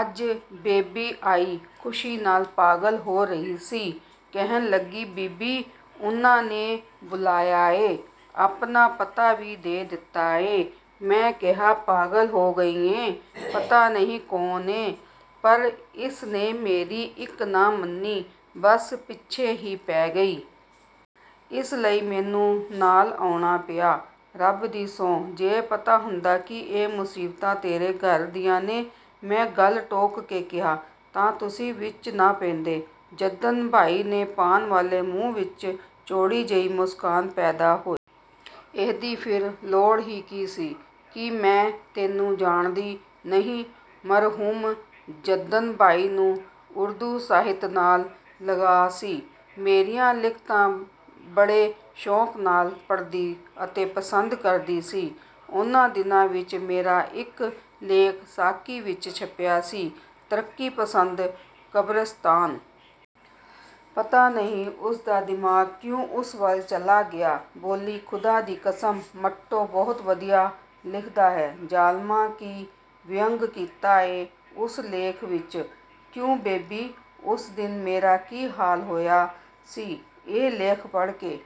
ਅੱਜ ਬੇਬੀ ਆਈ, ਖੁਸ਼ੀ ਨਾਲ ਪਾਗਲ ਹੋ ਰਹੀ ਸੀ, ਕਹਿਣ ਲੱਗੀ, ਬੀਬੀ! ਉਨ੍ਹਾਂ ਨੇ ਬੁਲਾਇਆ ਏ। ਆਪਣਾ ਪਤਾ ਵੀ ਦੇ ਦਿੱਤਾ ਏ। ਮੈਂ ਕਿਹਾ, ਪਾਗਲ ਹੋ ਗਈ ਏਂ। ਪਤਾ ਨਹੀਂ ਕੌਣ ਨੇ। ਪਰ ਇਸ ਨੇ ਮੇਰੀ ਇੱਕ ਨਾ ਮੰਨੀ, ਬਸ ਪਿੱਛੇ ਹੀ ਪੈ ਗਈ। ਇਸ ਲਈ ਮੈਨੂੰ ਨਾਲ ਆਉਣਾ ਪਿਆ। ਰੱਬ ਦੀ ਸਹੁੰ, ਜੇ ਪਤਾ ਹੁੰਦਾ ਕਿ ਇਹ ਮੁਸੀਬਤਾਂ ਤੇਰੇ ਘਰ ਦੀਆਂ ਨੇ। ਮੈਂ ਗੱਲ ਟੋਕ ਕੇ ਕਿਹਾ, ਤਾਂ ਤੁਸੀਂ ਵਿਚ ਨਾ ਪੈਂਦੇ। ਜੱਦਨ ਬਾਈ ਦੇ ਪਾਨ ਵਾਲੇ ਮੂੰਹ ਵਿੱਚ ਚੌੜੀ ਜਿਹੀ ਮੁਸਕਾਨ ਪੈਦਾ ਹੋਈ। ਇਹਦੀ ਫਿਰ ਲੋੜ ਹੀ ਕੀ ਸੀ। ਕੀ ਮੈਂ ਤੈਨੂੰ ਜਾਣਦੀ ਨਹੀਂ। ਮਰਹੂਮ ਜੱਦਨ ਬਾਈ ਨੂੰ ਉਰਦੂ ਸਾਹਿਤ ਨਾਲ ਲਗਾਅ ਸੀ। ਮੇਰੀਆਂ ਲਿਖਤਾਂ ਬੜੇ ਸ਼ੌਂਕ ਨਾਲ ਪੜ੍ਹਦੀ ਅਤੇ ਪਸੰਦ ਕਰਦੀ ਸੀ। ਉਨ੍ਹਾਂ ਦਿਨਾਂ ਵਿੱਚ ਮੇਰਾ ਇੱਕ ਲੇਖ ਸਾਕੀ ਵਿੱਚ ਛਪਿਆ ਸੀ ਤਰੱਕੀ-ਪਸੰਦ ਕਬਰਸਤਾਨ। ਪਤਾ ਨਹੀਂ ਉਸ ਦਾ ਦਿਮਾਗ ਕਿਉਂ ਉਸ ਵੱਲ ਚਲਾ ਗਿਆ, ਬੋਲੀ, ਖੁਦਾ ਦੀ ਕਸਮ ਮੰਟੋ, ਬਹੁਤ ਵਧੀਆ ਲਿਖਦਾ ਏਂ। ਜ਼ਾਲਮਾ, ਕੀ ਵਿਅੰਗ ਕੀਤਾ ਏ ਉਸ ਲੇਖ ਵਿੱਚ। ਕਿਉਂ ਬੇਬੀ, ਉਸ ਦਿਨ ਮੇਰਾ ਕੀ ਹਾਲ ਹੋਇਆ ਸੀ ਇਹ ਲੇਖ ਪੜ੍ਹ ਕੇ।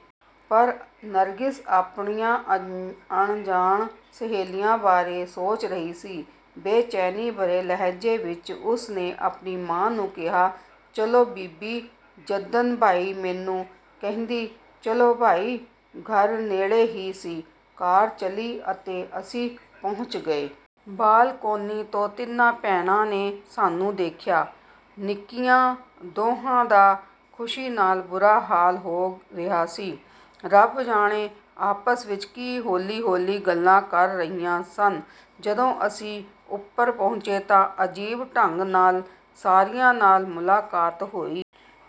ਪਰ ਨਰਗਿਸ ਆਪਣੀਆਂ ਅਣਜਾਣ ਸਹੇਲੀਆਂ ਬਾਰੇ ਸੋਚ ਰਹੀ ਸੀ। ਬੇਚੈਨੀ ਭਰੇ ਲਹਿਜ਼ੇ ਵਿੱਚ ਉਸ ਨੇ ਆਪਣੀ ਮਾਂ ਨੂੰ ਕਿਹਾ, ਚਲੋ ਬੀਬੀ। ਜੱਦਨ ਬਾਈ ਮੈਨੂੰ ਕਹਿੰਦੀ, ਚਲੋ ਭਾਈ। ਘਰ ਨੇੜੇ ਹੀ ਸੀ। ਕਾਰ ਚੱਲੀ ਅਤੇ ਅਸੀਂ ਪਹੁੰਚ ਗਏ। ਬਾਲਕੋਨੀ ਤੋਂ ਤਿੰਨਾਂ ਭੈਣਾਂ ਨੇ ਸਾਨੂੰ ਵੇਖਿਆ। ਨਿੱਕੀਆਂ ਦੋਹਾਂ ਦਾ ਖੁਸ਼ੀ ਨਾਲ ਬੁਰਾ ਹਾਲ ਹੋ ਰਿਹਾ ਸੀ। ਰੱਬ ਜਾਣੇ ਆਪਸ ਵਿੱਚ ਕੀ ਹੌਲੀ ਹੌਲੀ ਗੱਲਾਂ ਕਰ ਰਹੀਆਂ ਸਨ। ਜਦੋਂ ਅਸੀਂ ਉੱਪਰ ਪਹੁੰਚੇ ਤਾਂ ਅਜੀਬ ਢੰਗ ਨਾਲ ਸਾਰਿਆਂ ਨਾਲ ਮੁਲਾਕਾਤ ਹੋਈ।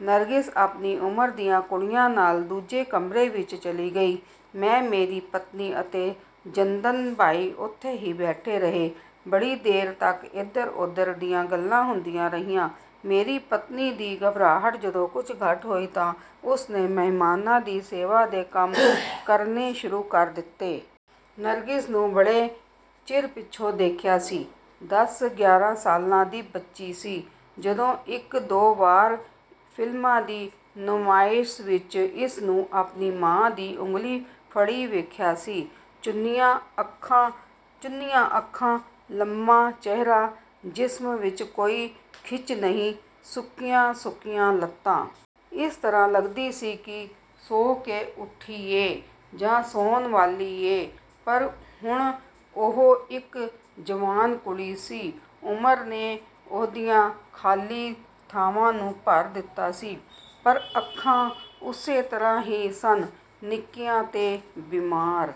ਨਰਗਿਸ ਆਪਣੀ ਉਮਰ ਦੀਆਂ ਕੁੜੀਆਂ ਨਾਲ ਦੂਜੇ ਕਮਰੇ ਵਿੱਚ ਚਲੀ ਗਈ। ਮੈਂ, ਮੇਰੀ ਪਤਨੀ ਅਤੇ ਜੱਦਨ ਬਾਈ ਉੱਥੇ ਹੀ ਬੈਠੇ ਰਹੇ। ਬੜੀ ਦੇਰ ਤੱਕ ਏਧਰ ਉਧਰ ਦੀਆਂ ਗੱਲਾਂ ਹੁੰਦੀਆਂ ਰਹੀਆਂ। ਮੇਰੀ ਪਤਨੀ ਦੀ ਘਬਰਾਹਟ ਜਦੋਂ ਕੁਝ ਘੱਟ ਹੋਈ ਤਾਂ ਉਸ ਨੇ ਮਹਿਮਾਨਾਂ ਦੀ ਸੇਵਾ ਦੇ ਕੰਮ ਕਰਨੇ ਸ਼ੁਰੂ ਕਰ ਦਿੱਤੇ। ਨਰਗਿਸ ਨੂੰ ਮੈਂ ਬੜੇ ਚਿਰ ਪਿੱਛੋਂ ਵੇਖਿਆ ਸੀ। ਦਸ ਗਿਆਰਾਂ ਸਾਲਾਂ ਦੀ ਬੱਚੀ ਸੀ, ਜਦੋਂ ਇੱਕ ਦੋ ਵਾਰ ਫ਼ਿਲਮਾਂ ਦੀ ਨੁਮਾਇਸ਼ ਵਿੱਚ ਇਸ ਨੂੰ ਆਪਣੀ ਮਾਂ ਦੀ ਉਂਗਲੀ ਫੜੀ ਵੇਖਿਆ ਸੀ। ਚੁੰਨੀਆਂ ਅੱਖਾਂ, ਲੰਮਾ ਚਿਹਰਾ, ਜਿਸਮ ਵਿੱਚ ਕੋਈ ਖਿੱਚ ਨਹੀਂ, ਸੁੱਕੀਆਂ ਸੁੱਕੀਆਂ ਲੱਤਾਂ। ਇਸ ਤਰ੍ਹਾਂ ਲੱਗਦੀ ਸੀ ਕਿ ਸੌਂ ਕੇ ਉੱਠੀ ਏ ਜਾਂ ਸੌਣ ਵਾਲੀ ਏ, ਪਰ ਹੁਣ ਉਹ ਇੱਕ ਜਵਾਨ ਕੁੜੀ ਸੀ। ਉਮਰ ਨੇ ਉਹਦੀਆਂ ਖਾਲੀ ਥਾਵਾਂ ਨੂੰ ਭਰ ਦਿੱਤਾ ਸੀ, ਪਰ ਅੱਖਾਂ ਉਸੇ ਤਰ੍ਹਾਂ ਹੀ ਸਨ, ਨਿੱਕੀਆਂ ਤੇ ਬਿਮਾਰ